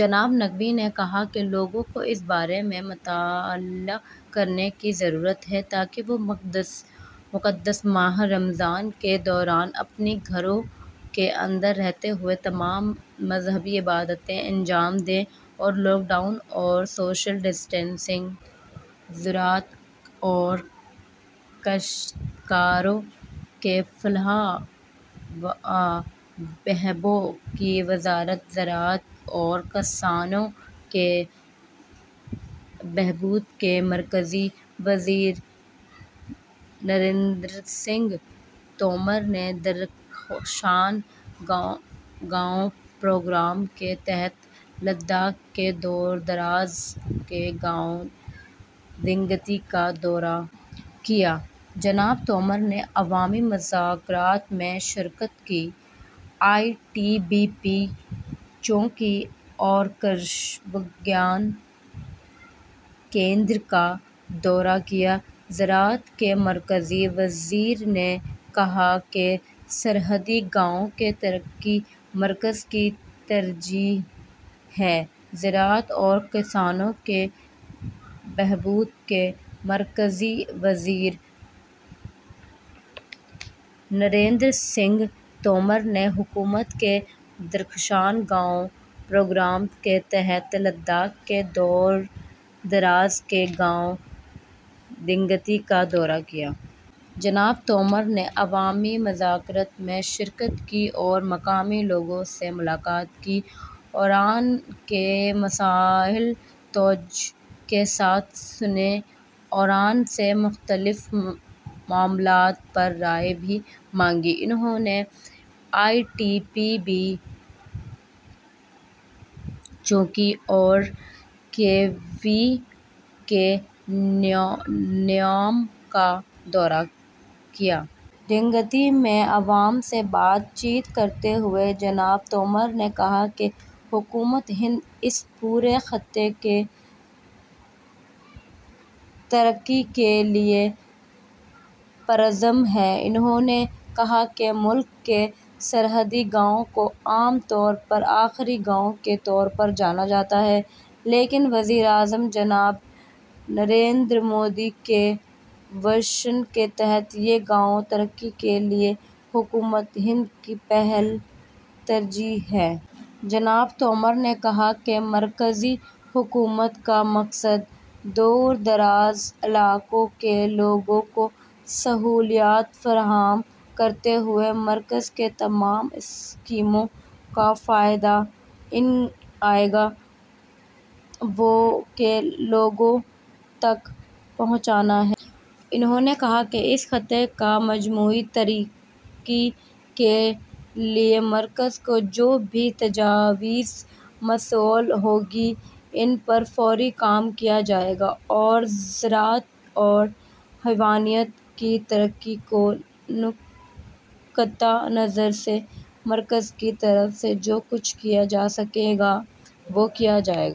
جناب نقوی نے کہا کہ لوگوں کو اِس بارے میں مطلع کرنے کی ضرورت ہے تاکہ وہ مقدس ماہ رمضان کے دوران اپنے گھروں کے اندر رہتے ہوئے تمام مذہبی عبادتیں انجام دیں اور لاک ڈاؤن اور سوشل ڈسٹینسنگ. زراعت اور کاشتکاروں کی فلاح و بہبود کی وزارت زراعت اورکسانوں کے بہبود کے مرکزی وزیر نریندرسنگھ تومر نے درخشاں گاؤں پروگرام کے تحت لداخ کے دور دراز کے گاؤں دنگتی کا دورہ کیا جناب تومر نے عوامی مذاکرات میں شرکت کی ، آئی ٹی بی پی چوکی اورکرشی وگیان کیندر کا دورہ کیا زراعت کے مرکزی وزیر نے کہاکہ سرحدی گاؤں کی ترقی مرکز کی ترجیح ہے زراعت اورکسانوں کے بہبود کے مرکزی وزیر نریندرسنگھ تومر نے حکومت کے درخشاں گاؤں پروگرام کے تحت لداخ کے دور دراز کے گاؤں دنگتی کا دورہ کیا۔ جناب تومر نے عوامی مذاکرات میں شرکت کی اور مقامی لوگوں سے ملاقات کی اوران کے مسائل توجہ کے ساتھ سنے اوران سے مختلف معاملات پر رائے بھی مانگی۔ انہوں نے آئی ٹی بی پی چوکی اور کے وی کے نیوما کا دورہ کیا۔ ڈنگتی میں عوام سے بات چیت کرتے ہوئے جناب تومر نے کہا کہ حکومت ہند اس پورے خطے کی ترقی کے لیے پرعزم ہے۔ انہوں نے کہا کہ ملک کے سرحدی گاؤں کو عام طور پر آخری گاؤں کے طور پر جانا جاتا ہے، لیکن وزیر اعظم جناب نریندر مودی کے وژن کے تحت یہ گاؤں ترقی کے لیے حکومت ہند کی پہلی ترجیح ہیں۔ جناب تومر نے کہا کہ مرکزی حکومت کا مقصد دور دراز علاقوں کے لوگوں کو سہولیات فراہم کرتے ہوئے مرکز کی تمام اسکیموں کا فائدہ ا ن گا ؤو ں کے لوگوں تک پہنچانا ہے۔ انہوں نے کہا کہ اس خطہ کی مجموعی ترقی کے لیے مرکز کو جو بھی تجاویز موصول ہوں گی، ان پر فوری کام کیا جائے گا اور زراعت اور حیوانات کی ترقی کے نقطہ نظر سے مرکز کی طرف سے جو کچھ کیا جا سکے گا، وہ کیا جائے گا۔